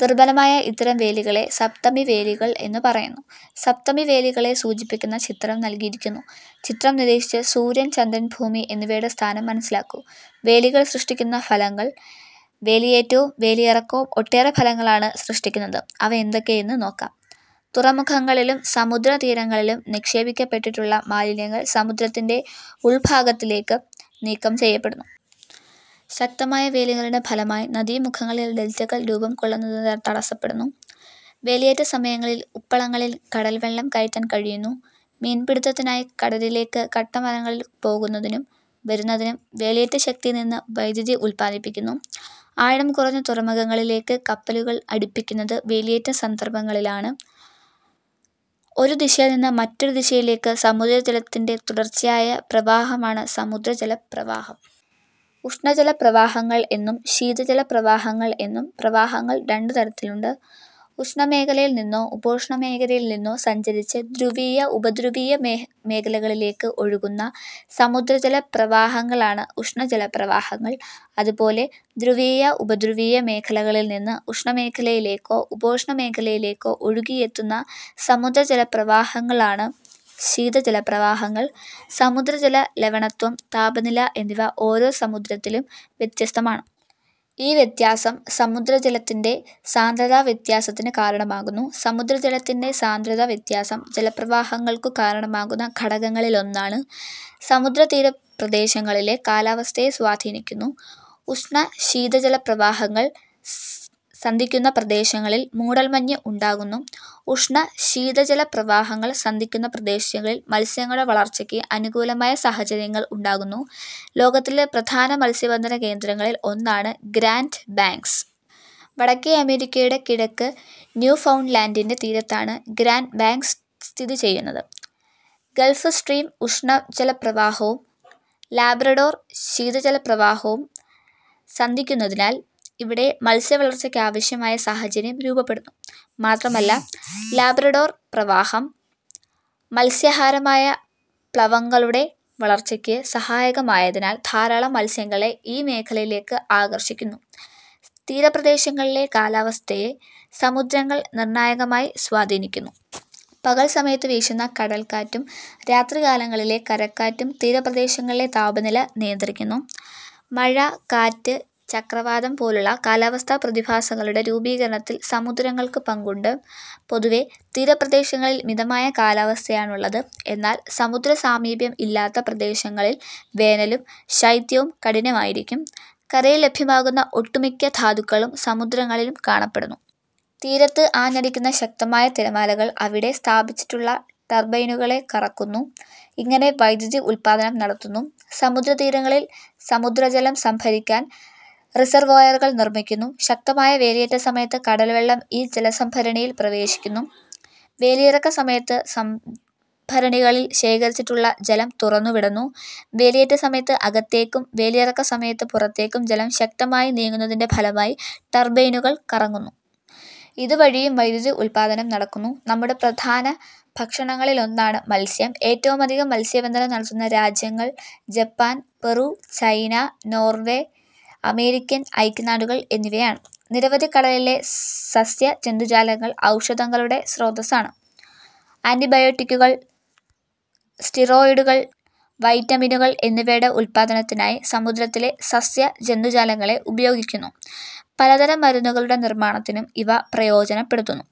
ദുർബലമായ ഇത്തരം വേലികളെ സപ്തമിവേലികൾ എന്നു പറയുന്നു. സപ്തമി വേലികളെ സൂചിപ്പിക്കുന്ന ചിത്രം നൽകിയിരിക്കുന്നു. ചിത്രം നിരീക്ഷിച്ച് സൂര്യൻ, ചന്ദ്രൻ, ഭൂമി എന്നിവയുടെ സ്ഥാനം മനസ്സിലാക്കൂ. വേലികൾ സൃഷ്ടിക്കുന്ന ഫലങ്ങൾ. വേലിയേറ്റവും വേലിയിറക്കവും ഒട്ടേറെ ഫലങ്ങളാണ് സൃഷ്ടിക്കുന്നത്. അവ എന്തൊക്കെയെന്ന് നോക്കാം. തുറമുഖങ്ങളിലും സമുദ്രതീരങ്ങളിലും നിക്ഷേപിക്കപ്പെട്ടിട്ടുള്ള മാലിന്യങ്ങൾ സമുദ്രത്തിന്റെ ഉൾഭാഗങ്ങളിലേക്ക് നീക്കം ചെയ്യപ്പെടുന്നു. ശക്തമായ വേലികളുടെ ഫലമായി നദീമുഖങ്ങളിൽ ഡെൽറ്റകൾ രൂപം കൊള്ളുന്നത് തടസ്സപ്പെടുന്നു. വേലിയേറ്റസമയങ്ങളിൽ ഉപ്പളങ്ങളിൽ കടൽവെള്ളം കയറ്റാൻ കഴിയുന്നു. മീൻപിടിത്തത്തിനായി കടലിലേക്ക് കട്ടമരങ്ങളിൽ പോകുന്നതിനും വരുന്നതിനും. വേലിയേറ്റശക്തിയിൽനിന്നു വൈദ്യുതി ഉൽപ്പാദിപ്പിക്കുന്നു. ആഴം കുറഞ്ഞ തുറമുഖങ്ങളിലേക്ക് കപ്പലുകൾ അടുപ്പിക്കുന്നത് വേലിയേറ്റ സന്ദർഭങ്ങളിലാണ്. ഒരു ദിശയിൽനിന്ന് മറ്റൊരു ദിശയിലേക്കുള്ള സമുദ്രജലത്തിന്റെ തുടർച്ചയായ പ്രവാഹമാണ് സമുദ്രജലപ്രവാഹം. ഉഷ്ണജല പ്രവാഹങ്ങൾ എന്നും ശീതജലപ്രവാഹങ്ങൾ എന്നും പ്രവാഹങ്ങൾ രണ്ടുതരത്തിലുണ്ട്. ഉഷ്ണ മേഖലയിൽനിന്നോ ഉപോഷ്ണമേഖലയിൽനിന്നോ സഞ്ചരിച്ച് ധ്രുവീയ-ഉപധ്രുവീയ മേഖലകളിലേക്ക് ഒഴുകുന്ന സമുദ്രജല പ്രവാഹങ്ങളാണ് ഉഷ്ണ ജലപ്രവാഹങ്ങൾ. അതുപോലെ ധ്രുവീയ ഉപധ്രുവീയ മേഖലകളിൽനിന്ന് ഉഷ്ണമേഖലയിലേക്കോ ഉപോഷ്ണമേഖലയിലേക്കോ ഒഴുകിയെത്തുന്ന സമുദ്രജലപ്രവാഹങ്ങളാണ് ശീതജലപ്രവാഹങ്ങൾ. സമുദ്രജല ലവണത്വം, താപനില എന്നിവ ഓരോ സമുദ്രത്തിലും വ്യത്യസ്തമാണ്. ഈ വ്യത്യാസം സമുദ്രജലത്തിന്റെ സാന്ദ്രതാവ്യത്യാസത്തിന് കാരണമാകുന്നു. സമുദ്രജലത്തിന്റെ സാന്ദ്രതാവ്യത്യാസം ജലപ്രവാഹങ്ങൾക്കു കാരണമാകുന്ന ഘടകങ്ങളിലൊന്നാണ്. സമുദ്രതീരപ്രദേശങ്ങളിലെ കാലാവസ്ഥയെ സ്വാധീനിക്കുന്നു. ഉഷ്ണ-ശീതജലപ്രവാഹങ്ങൾ സന്ധിക്കുന്ന പ്രദേശങ്ങളിൽ മൂടൽമഞ്ഞ് ഉണ്ടാകുന്നു. ഉഷ്ണ-ശീതജലപ്രവാഹങ്ങൾ സന്ധിക്കുന്ന പ്രദേശങ്ങളിൽ മത്സ്യങ്ങളുടെ വളർച്ചയ്ക്ക് അനുകൂലമായ സാഹചര്യങ്ങൾ ഉണ്ടാകുന്നു. ലോകത്തിലെ പ്രധാന മത്സ്യബന്ധന കേന്ദ്രങ്ങളിൽ ഒന്നാണ് ഗ്രാന്റ് ബാങ്ക്സ്. വടക്കേ അമേരിക്കയുടെ കിഴക്ക് ന്യൂഫൗണ്ട്ലാന്റിന്റെ തീരത്താണ് ഗ്രാന്റ് ബാങ്ക്സ് സ്ഥിതിചെയ്യുന്നത്. ഗൾഫ്സ്ട്രീം ഉഷ്ണജലപ്രവാഹവും ലാബ്രഡോർ ശീതജലപ്രവാഹവും സന്ധിക്കുന്നതിനാൽ ഇവിടെ മത്സ്യവളർച്ചയ്ക്കാവശ്യമായ സാഹചര്യം രൂപപ്പെടുന്നു. മാത്രമല്ല, ലാബ്രഡോർ പ്രവാഹം മത്സ്യാഹാരമായ പ്ലവകങ്ങളുടെ വളർച്ചയ്ക്ക് സഹായകമായതിനാൽ ധാരാളം മത്സ്യങ്ങളെ ഈ മേഖലയിലേക്ക് ആകർഷിക്കുന്നു. തീരപ്രദേശങ്ങളിലെ കാലാവസ്ഥയെ സമുദ്രങ്ങൾ നിർണായകമായി സ്വാധീനിക്കുന്നു. പകൽസമയത്ത് വീശുന്ന കടൽക്കാറ്റും രാത്രികാലങ്ങളിലെ കരക്കാറ്റും തീരപ്രദേശങ്ങളിലെ താപനില നിയന്ത്രിക്കുന്നു. മഴ, കാറ്റ്, ചക്രവാതം പോലുള്ള കാലാവസ്ഥാ പ്രതിഭാസങ്ങളുടെ രൂപീകരണത്തിൽ സമുദ്രങ്ങൾക്ക് പങ്കുണ്ട്. പൊതുവെ തീരപ്രദേശങ്ങളിൽ മിതമായ കാലാവസ്ഥയാണുള്ളത്. എന്നാൽ സമുദ്രസാമീപ്യം ഇല്ലാത്ത പ്രദേശങ്ങളിൽ വേനലും ശൈത്യവും കഠിനമായിരിക്കും. കരയിൽ ലഭ്യമാകുന്ന ഒട്ടുമിക്ക ധാതുക്കളും സമുദ്രങ്ങളിലും കാണപ്പെടുന്നു. തീരത്ത് ആഞ്ഞടിക്കുന്ന ശക്തമായ തിരമാലകൾ അവിടെ സ്ഥാപിച്ചിട്ടുള്ള ടർബൈനുകളെ കറക്കുന്നു. ഇങ്ങനെ വൈദ്യുതി ഉൽപ്പാദനം നടത്തുന്നു. സമുദ്രതീരങ്ങളിൽ സമുദ്രജലം സംഭരിക്കാൻ റിസർവോയറുകൾ നിർമിക്കുന്നു. ശക്തമായ വേലിയേറ്റസമയത്ത് കടൽവെള്ളം ഈ ജലസംഭരണിയിൽ പ്രവേശിക്കുന്നു. വേലിയിറക്കസമയത്ത് സംഭരണികളിൽ ശേഖരിച്ചിട്ടുള്ള ജലം തുറന്നുവിടുന്നു. വേലിയേറ്റസമയത്ത് അകത്തേക്കും വേലിയിറക്കസമയത്ത് പുറത്തേക്കും ജലം ശക്തമായി നീങ്ങുന്നതിന്റെ ഫലമായി ടർബൈനുകൾ കറങ്ങുന്നു. ഇതുവഴിയും വൈദ്യുതി ഉൽപ്പാദനം നടക്കുന്നു. നമ്മുടെ പ്രധാന ഭക്ഷണങ്ങളിലൊന്നാണ് മത്സ്യം. ഏറ്റവുമധികം മത്സ്യബന്ധനം നടത്തുന്ന രാജ്യങ്ങൾ Japan, Peru, China, Norway, American ഐക്യനാടുകൾ എന്നിവയാണ്. നിരവധി കടലിലെ സസ്യ-ജന്തുജാലങ്ങൾ ഔഷധങ്ങളുടെ സ്രോതസ്സാണ്. ആന്റിബയോട്ടിക്കുകൾ, സ്റ്റിറോയ്ഡുകൾ, വൈറ്റമിനുകൾ എന്നിവയുടെ ഉൽപ്പാദനത്തിനായി സമുദ്രത്തിലെ സസ്യ-ജന്തുജാലങ്ങളെ ഉപയോഗിക്കുന്നു. പലതരം മരുന്നുകളുടെ നിർമാണത്തിനും ഇവ പ്രയോജനപ്പെടുത്തുന്നു.